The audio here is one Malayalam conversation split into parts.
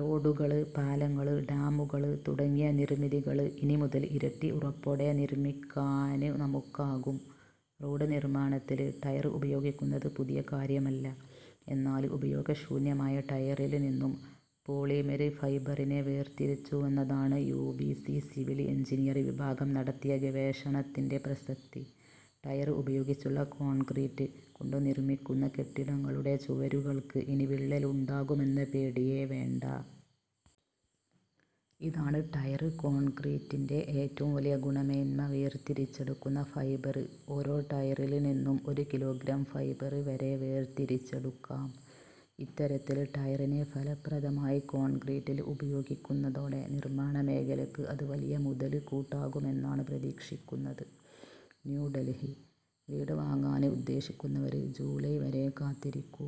റോഡുകള്, പാലങ്ങള്, ഡാമുകള് തുടങ്ങിയ നിര്മിതികള് ഇനിമുതല് ഇരട്ടി ഉറപ്പോടെ നിര്മിക്കാന് നമുക്കാകും. റോഡ് നിര്മാണത്തില് ടയര് ഉപയോഗിക്കുന്നത് പുതിയ കാര്യമല്ല എന്നാല് ഉപയോഗശൂന്യമായ ടയറില് നിന്നും പോളിമെര് ഫൈബറിനെ വേര്ത്തിരിച്ചുവെന്നതാണ് യുബിസി സിവില് എഞ്ചിനീയര് വിഭാഗം നടത്തിയ ഗവേഷണത്തിന്റെ പ്രസക്തി. ടയര് ഉപയോഗിച്ചുള്ള കോണ്ക്രീറ്റ് കൊണ്ടുനിര്മിക്കുന്ന കെട്ടിടങ്ങളുടെ ചുവരുകള്ക്ക് ഇനി വിള്ളലുണ്ടാകുമെന്ന പേടിയെ വേണ്ട. ഇതാണ് ടയര് കോണ്ക്രീറ്റിന്റെ ഏറ്റവും വലിയ ഗുണമേന്മ വേര്തിരിച്ചെടുക്കുന്ന ഫൈബര് ഒരോ ടയറില് നിന്നും ഒരു കിലോഗ്രാം ഫൈബര് വരെ വേര്തിരിച്ചെടുക്കാം. ഇത്തരത്തില് ടയറിനെ ഫലപ്രദമായി കോണ്ക്രീറ്റില് ഉപയോഗിക്കുന്നതോടെ നിര്മാണമേഖലയ്ക്ക് അത് വലിയ മുതല്കൂട്ടാകുമെന്നാണ് പ്രതീക്ഷിക്കുന്നത്. ന്യൂഡല്ഹി:വീട് വാങ്ങാന് ഉദ്ദേശിക്കുന്നവര് ജൂലൈ വരെ കാത്തിരിക്കു.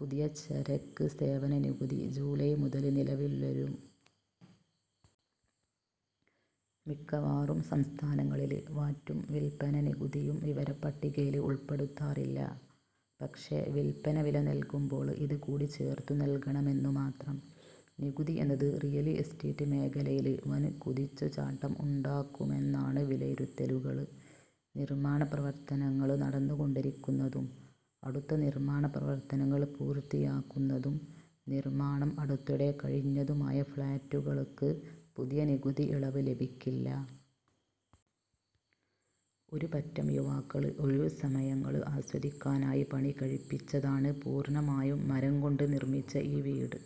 പുതിയ ചരക്ക് സേവന നികുതി ജൂലൈ മുതല് നിലവിൽവരും. മിക്കവാറും സംസ്ഥാനങ്ങളില് വാറ്റും വില്പ്പന നികുതിയും വിവരപ്പട്ടികയില് ഉള്പ്പെടുത്താറില്ല. പക്ഷേ വില്പ്പന വില നല്കുമ്പോള് ഇതുകൂടി ചേര്ത്തുനല്കണമെന്നുമാത്രം. നികുതി എന്നത് റിയല് എസ്റ്റേറ്റ് മേഖലയില് വന് കുതിച്ചുചാട്ടം ഉണ്ടാക്കുമെന്നാണ് വിലയിരുത്തലുകള്. നിര്മാണപ്രവര്ത്തനങ്ങള് നടന്നുകൊണ്ടിരിക്കുന്നതും, അടുത്ത് നിര്മാണ പ്രവര്ത്തനങ്ങള് പൂര്ത്തിയാകുന്നതും, നിര്മാണം അടുത്തിടെ കഴിഞ്ഞതുമായ ഫ്ളാറ്റുകള്ക്ക് പുതിയ നികുതി ഇളവ് ലഭിക്കില്ല. ഒരു പറ്റം യുവാക്കള് ഒഴിവുസമയങ്ങള് ആസ്വദിക്കാനായി പണികഴിപ്പിച്ചതാണ് പൂര്ണമായും മരം കൊണ്ട് നിര്മിച്ച ഈ വീട്.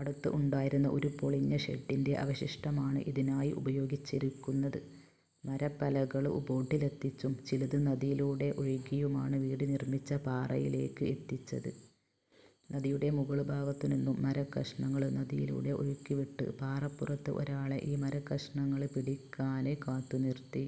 അടുത്ത് ഉണ്ടായിരുന്ന ഒരു പൊളിഞ്ഞ ഷെഡ്ഡിന്റെ അവശിഷ്ടമാണ് ഇതിനായി ഉപയോഗിച്ചിരിക്കുന്നത്. മരപ്പലകള് ബോട്ടിലെത്തിച്ചും ചിലത് നദിലൂടെ ഒഴുക്കിയുമാണ് വീട് നിര്മിച്ച പാറയിലേക്ക് എത്തിച്ചത്. നദിയുടെ മുകള് ഭാഗത്തുനിന്നും മരകഷ്ണങ്ങള് നദിയിലൂടെ ഒഴുക്കിവിട്ട് പാറപ്പുറത്ത് ഒരാളെ ഈ മരകഷ്ണങ്ങള് പിടിയ്ക്കാന് കാത്തുനിര്ത്തി.